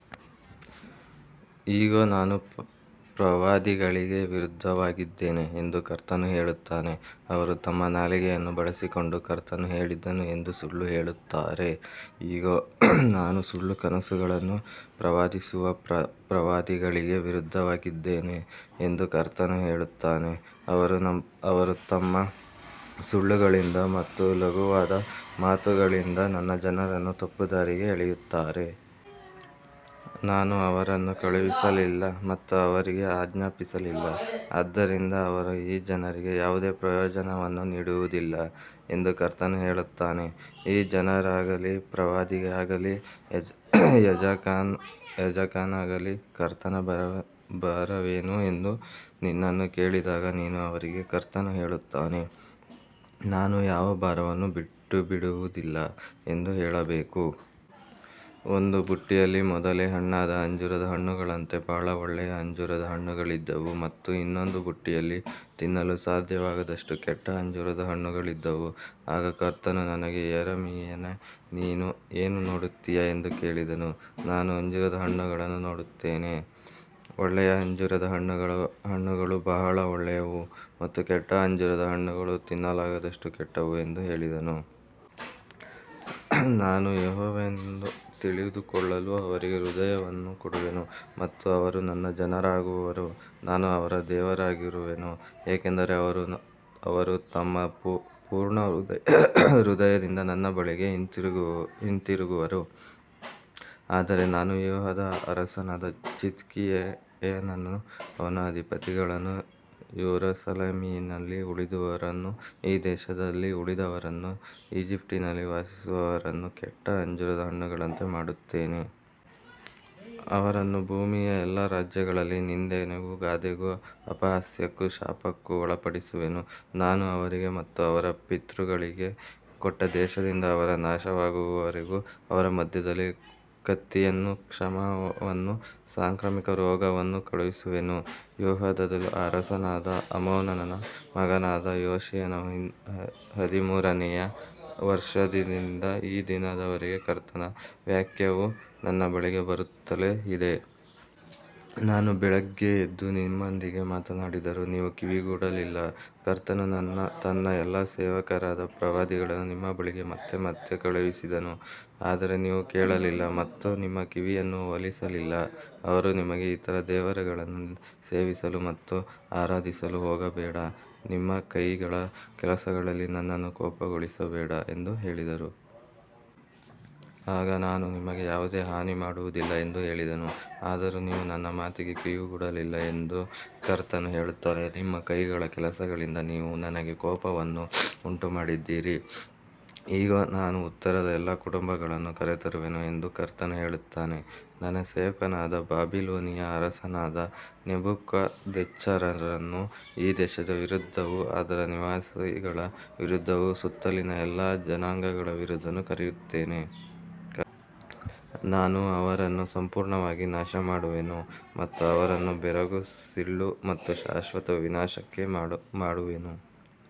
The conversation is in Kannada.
ಇಗೋ, ನಾನು ಪ್ರವಾದಿಗಳಿಗೆ ವಿರುದ್ಧವಾಗಿದ್ದೇನೆ ಎಂದು ಕರ್ತನು ಹೇಳುತ್ತಾನೆ, ಅವರು ತಮ್ಮ ನಾಲಿಗೆಯನ್ನು ಬಳಸಿಕೊಂಡು ಕರ್ತನು ಹೇಳಿದನು ಎಂದು ಸುಳ್ಳು ಹೇಳುತ್ತಾರೆ. ಇಗೋ, ನಾನು ಸುಳ್ಳು ಕನಸುಗಳನ್ನು ಪ್ರವಾದಿಸುವ ಪ್ರವಾದಿಗಳಿಗೆ ವಿರುದ್ಧವಾಗಿದ್ದೇನೆ ಎಂದು ಕರ್ತನು ಹೇಳುತ್ತಾನೆ. ಅವರು ತಮ್ಮ ಸುಳ್ಳುಗಳಿಂದ ಮತ್ತು ಲಘುವಾದ ಮಾತುಗಳಿಂದ ನನ್ನ ಜನರನ್ನು ತಪ್ಪುದಾರಿಗೆ ಎಳೆಯುತ್ತಾರೆ. ನಾನು ಅವರನ್ನು ಕಳುಹಿಸಲಿಲ್ಲ ಮತ್ತು ಅವರಿಗೆ ಆಜ್ಞಾಪಿಸಲಿಲ್ಲ, ಆದ್ದರಿಂದ ಅವರು ಈ ಜನರಿಗೆ ಯಾವುದೇ ಪ್ರಯೋಜನವನ್ನು ನೀಡುವುದಿಲ್ಲ ಎಂದು ಕರ್ತನು ಹೇಳುತ್ತಾನೆ. ಈ ಜನರಾಗಲಿ, ಪ್ರವಾದಿಯಾಗಲಿ, ಯಾಜಕನಾಗಲಿ, ಕರ್ತನ ಭಾರವೇನು ಎಂದು ನಿನ್ನನ್ನು ಕೇಳಿದಾಗ, ನೀನು ಅವರಿಗೆ ಕರ್ತನು ಹೇಳುತ್ತಾನೆ, ನಾನು ಯಾವ ಭಾರವನ್ನೂ ಬಿಟ್ಟುಬಿಡುವುದಿಲ್ಲ ಎಂದು ಹೇಳಬೇಕು. ಒಂದು ಬುಟ್ಟಿಯಲ್ಲಿ ಮೊದಲೇ ಹಣ್ಣಾದ ಅಂಜೂರದ ಹಣ್ಣುಗಳಂತೆ ಬಹಳ ಒಳ್ಳೆಯ ಅಂಜೂರದ ಹಣ್ಣುಗಳಿದ್ದವು ಮತ್ತು ಇನ್ನೊಂದು ಬುಟ್ಟಿಯಲ್ಲಿ ತಿನ್ನಲು ಸಾಧ್ಯವಾಗದಷ್ಟು ಕೆಟ್ಟ ಅಂಜೂರದ ಹಣ್ಣುಗಳಿದ್ದವು. ಆಗ ಕರ್ತನು ನನಗೆ ಯೆರೆಮೀಯನೇ, ನೀನು ಏನು ನೋಡುತ್ತೀಯ ಎಂದು ಕೇಳಿದನು. ನಾನು ಅಂಜೂರದ ಹಣ್ಣುಗಳನ್ನು ನೋಡುತ್ತೇನೆ, ಒಳ್ಳೆಯ ಅಂಜೂರದ ಹಣ್ಣುಗಳು ಬಹಳ ಒಳ್ಳೆಯವು ಮತ್ತು ಕೆಟ್ಟ ಅಂಜೂರದ ಹಣ್ಣುಗಳು ತಿನ್ನಲಾಗದಷ್ಟು ಕೆಟ್ಟವು ಎಂದು ಹೇಳಿದೆನು. ನಾನು ಯೆಹೋವನೆಂದು ತಿಳಿದುಕೊಳ್ಳಲು ಅವರಿಗೆ ಹೃದಯವನ್ನು ಕೊಡುವೆನು ಮತ್ತು ಅವರು ನನ್ನ ಜನರಾಗುವರು, ನಾನು ಅವರ ದೇವರಾಗಿರುವೆನು, ಏಕೆಂದರೆ ಅವರು ತಮ್ಮ ಪೂರ್ಣ ಹೃದಯದಿಂದ ನನ್ನ ಬಳಿಗೆ ಹಿಂತಿರುಗುವರು. ಆದರೆ ನಾನು ಯೆಹೂದದ ಅರಸನಾದ ಚಿದ್ಕೀಯನನ್ನೂ ಅವನ ಅಧಿಪತಿಗಳನ್ನೂ ಯೆರೂಸಲೇಮಿನಲ್ಲಿ ಉಳಿದವರನ್ನೂ ಈ ದೇಶದಲ್ಲಿ ಉಳಿದವರನ್ನೂ ಈಜಿಪ್ಟಿನಲ್ಲಿ ವಾಸಿಸುವವರನ್ನೂ ಕೆಟ್ಟ ಅಂಜೂರದ ಹಣ್ಣುಗಳಂತೆ ಮಾಡುತ್ತೇನೆ. ಅವರನ್ನು ಭೂಮಿಯ ಎಲ್ಲಾ ರಾಜ್ಯಗಳಲ್ಲಿ ನಿಂದೆಗೂ ಗಾದೆಗೂ ಅಪಹಾಸ್ಯಕ್ಕೂ ಶಾಪಕ್ಕೂ ಒಳಪಡಿಸುವೆನು. ನಾನು ಅವರಿಗೆ ಮತ್ತು ಅವರ ಪಿತೃಗಳಿಗೆ ಕೊಟ್ಟ ದೇಶದಿಂದ ಅವರು ನಾಶವಾಗುವವರೆಗೂ ಅವರ ಮಧ್ಯದಲ್ಲಿ ಕತ್ತಿಯನ್ನೂ ಕ್ಷಾಮವನ್ನೂ ಸಾಂಕ್ರಾಮಿಕ ರೋಗವನ್ನೂ ಕಳುಹಿಸುವೆನು. ಯೆಹೂದದ ಅರಸನಾದ ಆಮೋನನ ಮಗನಾದ ಯೋಷೀಯನ ಹದಿಮೂರನೆಯ ವರ್ಷದಂದಿನಿಂದ ಈ ದಿನದವರೆಗೆ ಕರ್ತನ ವಾಕ್ಯವು ನನ್ನ ಬಳಿಗೆ ಬರುತ್ತಲೇ ಇದೆ. ನಾನು ಬೆಳಿಗ್ಗೆ ಎದ್ದು ನಿಮ್ಮೊಂದಿಗೆ ಮಾತನಾಡಿದರೂ ನೀವು ಕಿವಿಗೊಡಲಿಲ್ಲ. ಕರ್ತನು ತನ್ನ ಎಲ್ಲಾ ಸೇವಕರಾದ ಪ್ರವಾದಿಗಳನ್ನು ನಿಮ್ಮ ಬಳಿಗೆ ಮತ್ತೆ ಮತ್ತೆ ಕಳುಹಿಸಿದನು, ಆದರೆ ನೀವು ಕೇಳಲಿಲ್ಲ ಮತ್ತು ನಿಮ್ಮ ಕಿವಿಯನ್ನು ಒಲಿಸಲಿಲ್ಲ. ಅವರು ನಿಮಗೆ ಇತರ ದೇವರುಗಳನ್ನು ಸೇವಿಸಲು ಮತ್ತು ಆರಾಧಿಸಲು ಹೋಗಬೇಡಿ, ನಿಮ್ಮ ಕೈಗಳ ಕೆಲಸಗಳಿಂದ ನನ್ನನ್ನು ಕೋಪಗೊಳಿಸಬೇಡಿ ಎಂದು ಹೇಳಿದರು. ಆಗ ನಾನು ನಿಮಗೆ ಯಾವುದೇ ಹಾನಿ ಮಾಡುವುದಿಲ್ಲ ಎಂದು ಹೇಳಿದೆನು. ಆದರೂ ನೀವು ನನ್ನ ಮಾತಿಗೆ ಕಿವಿಗೊಡಲಿಲ್ಲ ಎಂದು ಕರ್ತನು ಹೇಳುತ್ತಾನೆ, ನಿಮ್ಮ ಕೈಗಳ ಕೆಲಸಗಳಿಂದ ನೀವು ನನಗೆ ಕೋಪವನ್ನು ಉಂಟುಮಾಡಿದ್ದೀರಿ. ಇಗೋ, ನಾನು ಉತ್ತರದ ಎಲ್ಲಾ ಕುಟುಂಬಗಳನ್ನು ಕರೆತರುವೆನು ಎಂದು ಕರ್ತನು ಹೇಳುತ್ತಾನೆ. ನನ್ನ ಸೇವಕನಾದ ಬಾಬಿಲೋನಿನ ಅರಸನಾದ ನೆಬೂಕದ್ನೆಚ್ಚರನನ್ನು ಈ ದೇಶದ ವಿರುದ್ಧವೂ ಅದರ ನಿವಾಸಿಗಳ ವಿರುದ್ಧವೂ ಸುತ್ತಲಿನ ಎಲ್ಲಾ ಜನಾಂಗಗಳ ವಿರುದ್ಧವೂ ಕರೆತರುವೆನು. ನಾನು ಅವರನ್ನು ಸಂಪೂರ್ಣವಾಗಿ ನಾಶಮಾಡುವೆನು ಮತ್ತು ಅವರನ್ನು ಬೆರಗು, ಸಿಳ್ಳು ಮತ್ತು ಶಾಶ್ವತ ವಿನಾಶಕ್ಕೆ ಮಾಡುವೆನು.